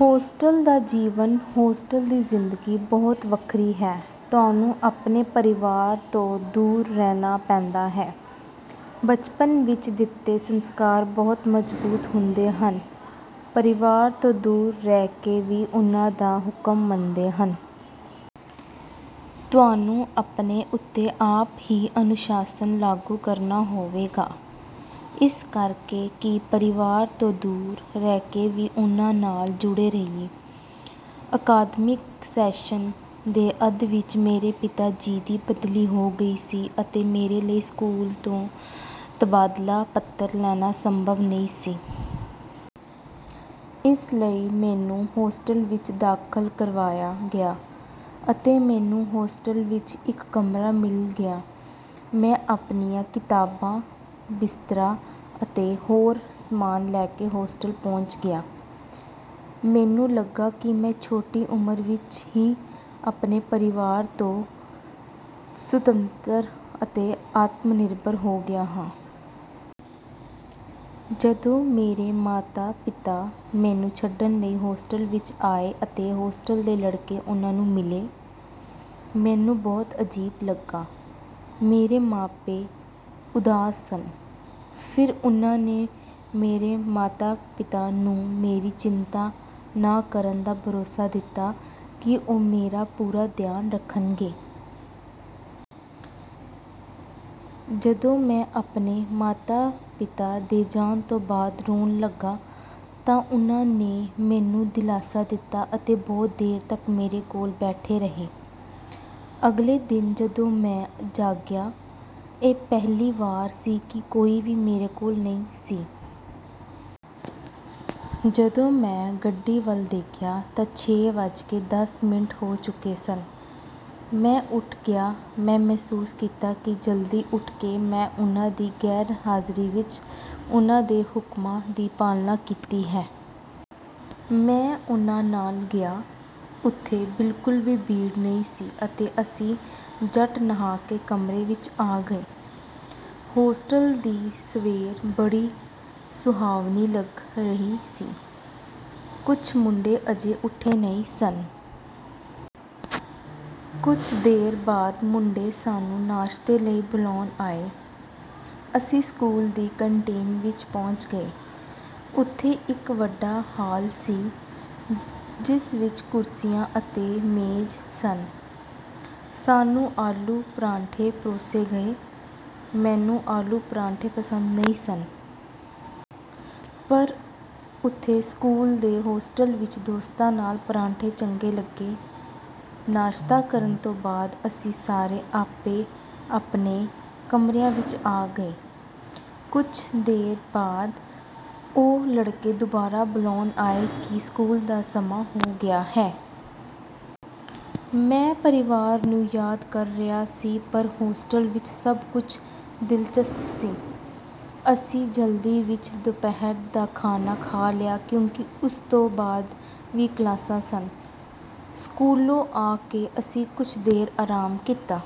Hostel ਦਾ ਜੀਵਨ hostel ਦੀ ਜ਼ਿੰਦਗੀ ਬਹੁਤ ਵੱਖਰੀ ਹੈ ਤੁਹਾਨੂੰ ਆਪਣੇ ਪਰਿਵਾਰ ਤੋਂ ਦੂਰ ਰਹਿਣਾ ਪੈਂਦਾ ਹੈ। ਬਚਪਨ ਵਿੱਚ ਦਿੱਤੇ ਸੰਸਕਾਰ ਬਹੁਤ ਮਜ਼ਬੂਤ ਹੁੰਦੇ ਹਨ। ਪਰਿਵਾਰ ਤੋਂ ਦੂਰ ਰਹਿ ਕੇ ਵੀ ਉਨ੍ਹਾਂ ਦਾ ਹੁਕਮ ਮੰਨਦੇ ਹਨ। ਤੁਹਾਨੂੰ ਆਪਣੇ ਉੱਤੇ ਆਪ ਹੀ ਅਨੁਸ਼ਾਸਨ ਲਾਗੂ ਕਰਨਾ ਹੋਵੇਗਾ। ਇਸ ਕਰ ਕੇ ਕਿ ਪਰਿਵਾਰ ਤੋਂ ਦੂਰ ਰਹਿ ਕੇ ਵੀ ਉਨ੍ਹਾਂ ਨਾਲ ਜੁੜੇ ਰਹੀਏ। ਅਕਾਦਮਿਕ ਸੈਸ਼ਨ ਦੇ ਅੱਧ ਵਿਚ ਮੇਰੇ ਪਿਤਾ ਜੀ ਦੀ ਬਦਲੀ ਹੋ ਗਈ ਸੀ ਅਤੇ ਮੇਰੇ ਲਈ ਸਕੂਲ ਤੋਂ ਤਬਾਦਲਾ ਪੱਤਰ ਲੈਣਾ ਸੰਭਵ ਨਹੀਂ ਸੀ। ਇਸ ਲਈ ਮੈਨੂੰ ਹੋਸਟਲ ਵਿੱਚ ਦਾਖਲ ਕਰਵਾਇਆ ਗਿਆ। ਅਤੇ ਮੈਨੂੰ ਹੋਸਟਲ ਵਿੱਚ ਇੱਕ ਕਮਰਾ ਮਿਲ ਗਿਆ। ਮੈਂ ਆਪਣੀਆਂ ਕਿਤਾਬਾਂ, ਬਿਸਤਰਾ ਅਤੇ ਹੋਰ ਸਮਾਨ ਲੈ ਕੇ ਹੋਸਟਲ ਪਹੁੰਚ ਗਿਆ। ਮੈਨੂੰ ਲੱਗਾ ਕਿ ਮੈਂ ਛੋਟੀ ਉਮਰ ਵਿੱਚ ਹੀ ਆਪਣੇ ਪਰਿਵਾਰ ਤੋਂ ਸੁਤੰਤਰ ਅਤੇ ਆਤਮਨਿਰਭਰ ਹੋ ਗਿਆ ਹਾਂ। ਜਦੋਂ ਮੇਰੇ ਮਾਤਾ-ਪਿਤਾ ਮੈਨੂੰ ਛੱਡਣ ਲਈ ਹੋਸਟਲ ਵਿੱਚ ਆਏ ਅਤੇ ਹੋਸਟਲ ਦੇ ਲੜਕੇ ਉਨ੍ਹਾਂ ਨੂੰ ਮਿਲੇ। ਮੈਨੂੰ ਬਹੁਤ ਅਜੀਬ ਲੱਗਾ। ਮੇਰੇ ਮਾਪੇ ਉਦਾਸ ਸਨ। ਫਿਰ ਉਹਨਾਂ ਨੇ ਮੇਰੇ ਮਾਤਾ-ਪਿਤਾ ਨੂੰ ਮੇਰੀ ਚਿੰਤਾ ਨਾ ਕਰਨ ਦਾ ਭਰੋਸਾ ਦਿੱਤਾ ਕਿ ਉਹ ਮੇਰਾ ਪੂਰਾ ਧਿਆਨ ਰੱਖਣਗੇ। ਜਦੋਂ ਮੈਂ ਆਪਣੇ ਮਾਤਾ-ਪਿਤਾ ਦੇ ਜਾਣ ਤੋਂ ਬਾਅਦ ਰੋਣ ਲੱਗਾ ਤਾਂ ਉਨ੍ਹਾਂ ਨੇ ਮੈਨੂੰ ਦਿਲਾਸਾ ਦਿੱਤਾ ਅਤੇ ਬਹੁਤ ਦੇਰ ਤੱਕ ਮੇਰੇ ਕੋਲ ਬੈਠੇ ਰਹੇ। ਅਗਲੇ ਦਿਨ ਜਦੋਂ ਮੈਂ ਜਾਗਿਆ, ਇਹ ਪਹਿਲੀ ਵਾਰ ਸੀ ਕਿ ਕੋਈ ਵੀ ਮੇਰੇ ਕੋਲ ਨਹੀਂ ਸੀ। ਜਦੋਂ ਮੈਂ ਘੜੀ ਵੱਲ ਦੇਖਿਆ ਤਾਂ ਛੇ ਵੱਜ ਕੇ ਦਸ ਮਿੰਟ ਹੋ ਚੁੱਕੇ ਸਨ। ਮੈਂ ਉਠ ਗਿਆ ਮੈਂ ਮਹਿਸੂਸ ਕੀਤਾ ਕਿ ਜਲਦੀ ਉੱਠ ਕੇ ਮੈਂ ਉਹਨਾਂ ਦੀ ਗੈਰਹਾਜ਼ਰੀ ਵਿੱਚ ਉਹਨਾਂ ਦੇ ਹੁਕਮਾਂ ਦੀ ਪਾਲਣਾ ਕੀਤੀ ਹੈ। ਮੈਂ ਉਨ੍ਹਾਂ ਨਾਲ ਗਿਆ। ਉੱਥੇ ਬਿਲਕੁਲ ਵੀ ਭੀੜ ਨਹੀਂ ਸੀ ਅਤੇ ਅਸੀਂ ਝੱਟ ਨਹਾ ਕੇ ਕਮਰੇ ਵਿੱਚ ਆ ਗਏ। ਹੋਸਟਲ ਦੀ ਸਵੇਰ ਬੜੀ ਸੁਹਾਵਣੀ ਲੱਗ ਰਹੀ ਸੀ। ਕੁਝ ਮੁੰਡੇ ਅਜੇ ਉਠੇ ਨਹੀਂ ਸਨ। ਕੁਝ ਦੇਰ ਬਾਅਦ ਮੁੰਡੇ ਸਾਨੂੰ ਨਾਸ਼ਤੇ ਲਈ ਬੁਲਾਉਣ ਆਏ। ਅਸੀਂ ਸਕੂਲ ਦੀ ਕੰਟੀਨ ਵਿੱਚ ਪਹੁੰਚ ਗਏ। ਉੱਥੇ ਇੱਕ ਵੱਡਾ ਹਾਲ ਸੀ। ਜਿਸ ਵਿੱਚ ਕੁਰਸੀਆਂ ਅਤੇ ਮੇਜ਼ ਸਨ। ਸਾਨੂੰ ਆਲੂ ਪਰਾਠੇ ਪਰੋਸੇ ਗਏ। ਮੈਨੂੰ ਆਲੂ ਪਰਾਠੇ ਪਸੰਦ ਨਹੀਂ ਸਨ। ਪਰ ਉਥੇ ਸਕੂਲ ਦੇ ਹੋਸਟਲ ਵਿਚ ਦੋਸਤਾਂ ਨਾਲ ਪਰਾਠੇ ਚੰਗੇ ਲੱਗੇ। ਨਾਸ਼ਤਾ ਕਰਨ ਤੋਂ ਬਾਅਦ ਅਸੀਂ ਸਾਰੇ ਆਪੋ-ਆਪਣੇ ਕਮਰਿਆਂ ਵਿਚ ਆ ਗਏ। ਕੁਝ ਦੇਰ ਬਾਅਦ ਉਹ ਲੜਕੇ ਦੁਬਾਰਾ ਬੁਲਾਉਣ ਆਏ ਕਿ ਸਕੂਲ ਦਾ ਸਮਾਂ ਹੋ ਗਿਆ ਹੈ। ਮੈਂ ਪਰਿਵਾਰ ਨੂੰ ਯਾਦ ਕਰ ਰਿਹਾ ਸੀ ਪਰ ਹੋਸਟਲ ਵਿੱਚ ਸਭ ਕੁਝ ਦਿਲਚਸਪ ਸੀ। ਅਸੀਂ ਜਲਦੀ ਵਿਚ ਦੁਪਹਿਰ ਦਾ ਖਾਣਾ ਖਾ ਲਿਆ ਕਿਉਂਕਿ ਉਸ ਤੋਂ ਬਾਅਦ ਵੀ ਕਲਾਸਾਂ ਸਨ। ਸਕੂਲੋਂ ਆ ਕੇ ਅਸੀਂ ਕੁਝ ਦੇਰ ਆਰਾਮ ਕੀਤਾ।